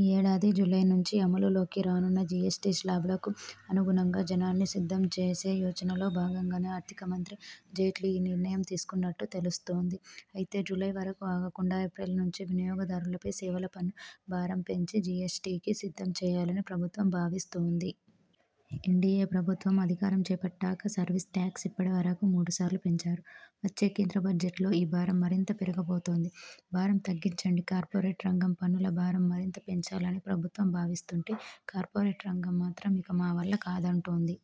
ఈ ఏడాది జూలై నుంచి అమలులోకి రానున్న జి ఎస్ టి శ్లాబులకు అనుగుణంగా జనాల్ని సిద్ధం చేసే యోచనలో భాగంగానే ఆర్థిక మంత్రి జైట్లీ ఈ నిర్ణయం తీసుకున్నట్టు తెలుస్తోంది. అయితే జూలై వరకు ఆగకుండా ఏప్రిల్ నుంచే వినియోగదారులపై సేవల పన్ను భారం పెంచి జి ఎస్ టి కి సిద్ధం చేయాలని ప్రభుత్వం భావిస్తోంది. ఎన్డిఎ ప్రభుత్వం అధికారం చేపట్టాక సర్వీస్ టాక్స్ ఇప్పటి వరకు మూడుసార్లు పెంచారు. వచ్చే కేంద్ర బడ్జెట్లో ఈ భారం మరింత పెరగబోతోంది. భారం తగ్గించండి కార్పొరేట్ రంగంపన్నుల భారం మరింత పెంచాలని ప్రభుత్వం భావిస్తుంటే కార్పొరేట్ రంగం మాత్రం ఇక మా వల్ల కాదంటోంది.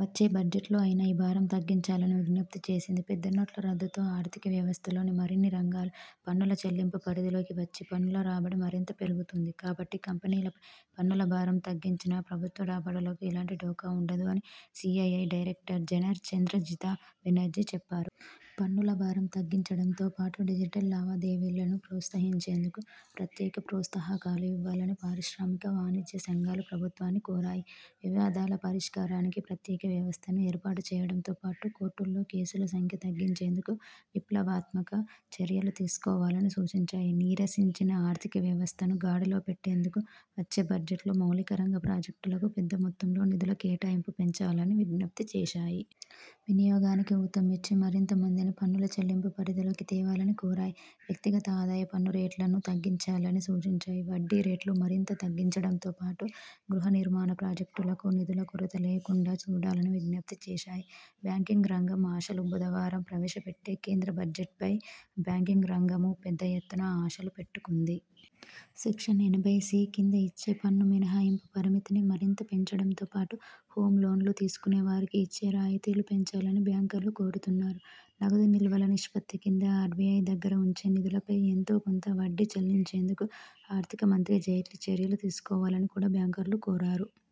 వచ్చే బడ్జెట్లో అయినా ఈ భారం తగ్గించాలని విజ్ఞపి చేసింది. 'పెద్ద నోట్ల రద్దుతో ఆర్థిక వ్యవస్థలోని మరిన్ని రంగాలు పన్నుల చెల్లింపు పరిధిలోకి వచ్చి, పన్నుల రాబడి మరింత పెరుగుతుంది. కాబట్టి కంపెనీలపై పన్నుల భారం తగ్గించినా ప్రభుత్వ రాబడులకు ఎలాంటి ఢోకా ఉండదు' అని CII director general Chandrajit Banerjee చెప్పారు. పన్నుల భారం తగ్గించడంతో పాటు డిజిటల్ లావాదేవీలను ప్రోత్సహించేందుకు ప్రత్యేక ప్రోత్సాహకాలు ఇవ్వాలని పారిశ్రామిక, వాణిజ్య సంఘాలు ప్రభుత్వాన్ని కోరాయి. వివాదాల పరిష్కారానికి ప్రత్యేక వ్యవస్థను ఏర్పాటు చేయడంతో పాటు కోర్టుల్లో కేసుల సంఖ్య తగ్గించేందుకు విప్లవాత్మక చర్యలు తీసుకోవాలని సూచించాయి. నీరసించిన ఆర్థిక వ్యవస్థను గాడిలో పెట్టేందుకు వచ్చే బడ్జెట్లో మౌలిక రంగ ప్రాజెక్టులకు పెద్ద మొత్తంలో నిధుల కేటాయింపు పెంచాలని విజ్ఞప్తి చేశాయి. వినియోగానికి ఊతం ఇచ్చి, మరింత మందిని పన్నుల చెల్లింపు పరిధిలోకి తేవాలని కోరాయి. వ్యక్తిగత ఆదాయ పన్ను రేట్లనూ తగ్గించాలని సూచించాయి. వడ్డీ రేట్లు మరింత తగ్గించడంతో పాటు గృహ నిర్మాణ ప్రాజెక్టులకు నిధుల కొరత లేకుండా చూడాలని విజ్ఞప్తి చేశాయి. బ్యాంకింగ్ రంగం ఆశలు బుధవారం ప్రవేశపెట్టే కేంద్ర బడ్జెట్పై బ్యాంకింగ్ రంగమూ పెద్ద ఎత్తున ఆశలు పెట్టుకుంది. సెక్షన్ ఎనభై సి కింద ఇచ్చే పన్ను మినహాయింపు పరిమితిని మరింత పెంచడంతోపాటు, హోమ్ లోన్లు తీసుకునే వారికి ఇచ్చే రాయితీలు పెంచాలని బ్యాంకర్లు కోరుతున్నారు. నగదు నిల్వల నిష్పత్తి కింద ఆర్బిఐ దగ్గర ఉంచే నిధులపై ఎంతో కొంత వడ్డీ చెల్లించేందుకు ఆర్థిక మంత్రి జైట్లీ చర్యలు తీసుకోవాలని కూడా బ్యాంకర్లు కోరారు.